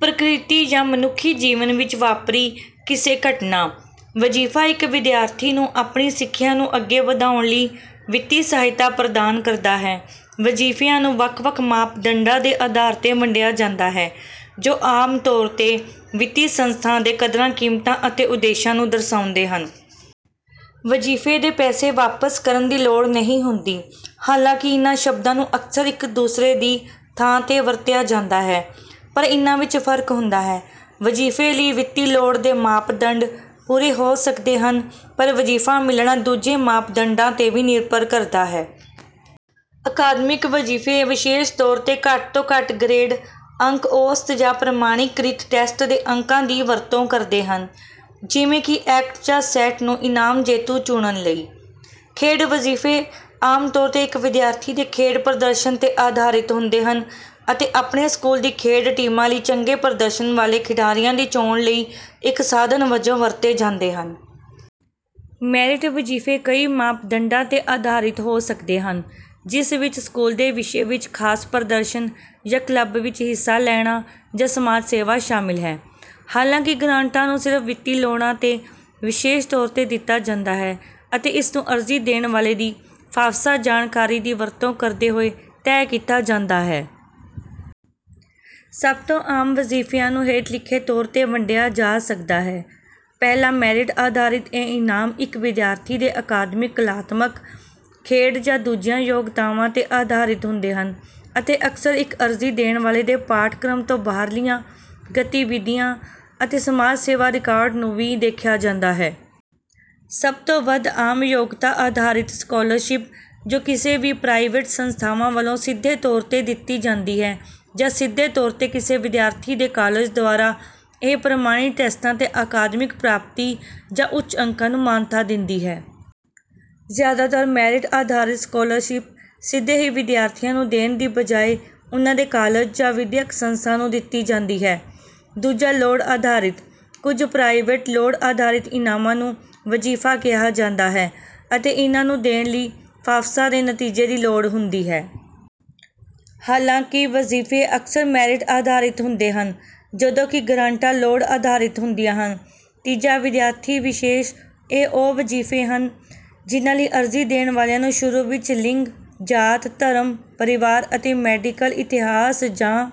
ਪ੍ਰਕਿਰਤੀ ਜਾਂ ਮਨੁੱਖੀ ਜੀਵਨ ਵਿੱਚ ਵਾਪਰੀ ਕਿਸੇ ਘਟਨਾ। ਵਜੀਫਾ ਇੱਕ ਵਿਦਿਆਰਥੀ ਨੂੰ ਆਪਣੀ ਸਿੱਖਿਆ ਨੂੰ ਅੱਗੇ ਵਧਾਉਣ ਲਈ ਵਿੱਤੀ ਸਹਾਇਤਾ ਪ੍ਰਦਾਨ ਕਰਦਾ ਹੈ। ਵਜੀਫਿਆਂ ਨੂੰ ਵੱਖ ਵੱਖ ਮਾਪਦੰਡਾਂ ਦੇ ਆਧਾਰ ਤੇ ਵੰਡਿਆ ਜਾਂਦਾ ਹੈ, ਜੋ ਆਮ ਤੌਰ ਤੇ ਵਿੱਤੀ ਸੰਸਥਾ ਦੇ ਕਦਰਾਂ ਕੀਮਤਾਂ ਅਤੇ ਉਦੇਸ਼ਾਂ ਨੂੰ ਦਰਸਾਉਂਦੇ ਹਨ। ਵਜੀਫੇ ਦੇ ਪੈਸੇ ਵਾਪਸ ਕਰਨ ਦੀ ਲੋੜ ਨਹੀਂ ਹੁੰਦੀ। ਹਾਲਾਂਕਿ ਇਨ੍ਹਾਂ ਸ਼ਬਦਾਂ ਨੂੰ ਅਕਸਰ ਇੱਕ ਦੂਸਰੇ ਦੀ ਥਾਂ ਤੇ ਵਰਤਿਆ ਜਾਂਦਾ ਹੈ, ਪਰ ਇਨ੍ਹਾਂ ਵਿੱਚ ਫਰਕ ਹੁੰਦਾ ਹੈ। ਵਜੀਫੇ ਲਈ ਵਿੱਤੀ ਲੋੜ ਦੇ ਮਾਪਦੰਡ ਪੂਰੇ ਹੋ ਸਕਦੇ ਹਨ ਪਰ ਵਜੀਫਾ ਮਿਲਣਾ ਦੂਜੇ ਮਾਪਦੰਡਾਂ ਤੇ ਵੀ ਨਿਰਭਰ ਕਰਦਾ ਹੈ। ਅਕਾਦਮਿਕ ਵਜੀਫੇ ਵਿਸ਼ੇਸ਼ ਤੌਰ ਤੇ ਘੱਟ ਤੋਂ ਘੱਟ ਗਰੇਡ ਅੰਕ ਔਸਤ ਜਾਂ ਪ੍ਰਮਾਣੀਕ੍ਰਿਤ ਟੈਸਟ ਦੇ ਅੰਕਾਂ ਦੀ ਵਰਤੋਂ ਕਰਦੇ ਹਨ ਜਿਵੇਂ ਕਿ ਐਕਟ ਜਾਂ ਸੈਟ ਨੂੰ ਇਨਾਮ ਜੇਤੂ ਚੁਣਨ ਲਈ। ਖੇਡ ਵਜੀਫੇ ਆਮ ਤੌਰ ਤੇ ਇੱਕ ਵਿਦਿਆਰਥੀ ਦੇ ਖੇਡ ਪ੍ਰਦਰਸ਼ਨ ਤੇ ਆਧਾਰਿਤ ਹੁੰਦੇ ਹਨ ਅਤੇ ਆਪਣੇ ਸਕੂਲ ਦੀ ਖੇਡ ਟੀਮਾਂ ਲਈ ਚੰਗੇ ਪ੍ਰਦਰਸ਼ਨ ਵਾਲੇ ਖਿਡਾਰੀਆਂ ਦੀ ਚੋਣ ਲਈ ਇੱਕ ਸਾਧਨ ਵਜੋਂ ਵਰਤੇ ਜਾਂਦੇ ਹਨ। ਮੈਰਿਟ ਵਜੀਫੇ ਕਈ ਮਾਪਦੰਡਾਂ ਤੇ ਆਧਾਰਿਤ ਹੋ ਸਕਦੇ ਹਨ, ਜਿਸ ਵਿੱਚ ਸਕੂਲ ਦੇ ਵਿਸ਼ੇ ਵਿੱਚ ਖਾਸ ਪ੍ਰਦਰਸ਼ਨ ਜਾਂ ਕਲੱਬ ਵਿੱਚ ਹਿੱਸਾ ਲੈਣਾ ਜਾਂ ਸਮਾਜ ਸੇਵਾ ਸ਼ਾਮਿਲ ਹੈ। ਹਾਲਾਂਕਿ, ਗ੍ਰਾਂਟਾਂ ਨੂੰ ਸਿਰਫ ਵਿੱਤੀ ਲੋੜਾਂ ਤੇ ਵਿਸ਼ੇਸ਼ ਤੌਰ ਤੇ ਦਿੱਤਾ ਜਾਂਦਾ ਹੈ ਅਤੇ ਇਸਨੂੰ ਅਰਜ਼ੀ ਦੇਣ ਵਾਲੇ ਦੀ ਫਾਫਸਾ ਜਾਣਕਾਰੀ ਦੀ ਵਰਤੋਂ ਕਰਦੇ ਹੋਏ ਤੈਅ ਕੀਤਾ ਜਾਂਦਾ ਹੈ। ਸਭ ਤੋਂ ਆਮ ਵਜੀਫਿਆਂ ਨੂੰ ਹੇਠ ਲਿਖੇ ਤੌਰ ਤੇ ਵੰਡਿਆ ਜਾ ਸਕਦਾ ਹੈ ਪਹਿਲਾ ਮੈਰਿਟ ਆਧਾਰਿਤ ਇਹ ਇਨਾਮ ਇੱਕ ਵਿਦਿਆਰਥੀ ਦੇ ਅਕਾਦਮਿਕ, ਕਲਾਤਮਕ, ਖੇਡ ਜਾਂ ਦੂਜੀਆਂ ਯੋਗਤਾਵਾਂ ਤੇ ਆਧਾਰਿਤ ਹੁੰਦੇ ਹਨ, ਅਤੇ ਅਕਸਰ ਇੱਕ ਅਰਜ਼ੀ ਦੇਣ ਵਾਲੇ ਦੇ ਪਾਠਕ੍ਰਮ ਤੋਂ ਬਾਹਰਲੀਆਂ ਗਤੀਵਿਧੀਆਂ ਅਤੇ ਸਮਾਜ ਸੇਵਾ ਰਿਕਾਰਡ ਨੂੰ ਵੀ ਦੇਖਿਆ ਜਾਂਦਾ ਹੈ। ਸਭ ਤੋਂ ਵੱਧ ਆਮ ਯੋਗਤਾ-ਆਧਾਰਿਤ ਸਕਾਲਰਸ਼ਿਪ, ਜੋ ਕਿਸੇ ਵੀ ਪ੍ਰਾਈਵੇਟ ਸੰਸਥਾਵਾਂ ਵੱਲੋਂ ਸਿੱਧੇ ਤੌਰ ਤੇ ਦਿੱਤੀ ਜਾਂਦੀ ਹੈ ਜਾਂ ਸਿੱਧੇ ਤੌਰ ਤੇ ਕਿਸੇ ਵਿਦਿਆਰਥੀ ਦੇ ਕਾਲਜ ਦੁਆਰਾ, ਇਹ ਪ੍ਰਮਾਣਿਤ ਟੈਸਟਾਂ ਤੇ ਅਕਾਦਮਿਕ ਪ੍ਰਾਪਤੀ ਜਾਂ ਉੱਚ ਅੰਕਾਂ ਨੂੰ ਮਾਨਤਾ ਦਿੰਦੀ ਹੈ। ਜ਼ਿਆਦਾਤਰ ਮੈਰਿਟ-ਆਧਾਰਿਤ ਸਕਾਲਰਸ਼ਿਪ ਸਿੱਧੇ ਹੀ ਵਿਦਿਆਰਥੀਆਂ ਨੂੰ ਦੇਣ ਦੀ ਬਜਾਏ ਉਨ੍ਹਾਂ ਦੇ ਕਾਲਜ ਜਾਂ ਵਿਦਿਅਕ ਸੰਸਥਾ ਨੂੰ ਦਿੱਤੀ ਜਾਂਦੀ ਹੈ। ਦੂਜਾ ਲੋੜ-ਆਧਾਰਿਤ: ਕੁਝ ਪ੍ਰਾਈਵੇਟ ਲੋੜ ਆਧਾਰਿਤ ਇਨਾਮਾਂ ਨੂੰ ਵਜੀਫਾ ਕਿਹਾ ਜਾਂਦਾ ਹੈ, ਅਤੇ ਇਹਨਾਂ ਨੂੰ ਦੇਣ ਲਈ ਫਾਫਸਾ ਦੇ ਨਤੀਜੇ ਦੀ ਲੋੜ ਹੁੰਦੀ ਹੈ। ਹਾਲਾਂਕਿ, ਵਜੀਫੇ ਅਕਸਰ ਮੈਰਿਟ ਆਧਾਰਿਤ ਹੁੰਦੇ ਹਨ, ਜਦੋਂ ਕਿ ਗ੍ਰਾਂਟਾਂ ਲੋੜ ਆਧਾਰਿਤ ਹੁੰਦੀਆਂ ਹਨ। ਤੀਜਾ ਵਿਦਿਆਰਥੀ-ਵਿਸ਼ੇਸ਼ ਇਹ ਉਹ ਵਜੀਫੇ ਹਨ ਜਿਨ੍ਹਾਂ ਲਈ ਅਰਜ਼ੀ ਦੇਣ ਵਾਲਿਆਂ ਨੂੰ ਸ਼ੁਰੂ ਵਿੱਚ ਲਿੰਗ, ਜਾਤ, ਧਰਮ, ਪਰਿਵਾਰ ਅਤੇ ਮੈਡੀਕਲ ਇਤਿਹਾਸ, ਜਾਂ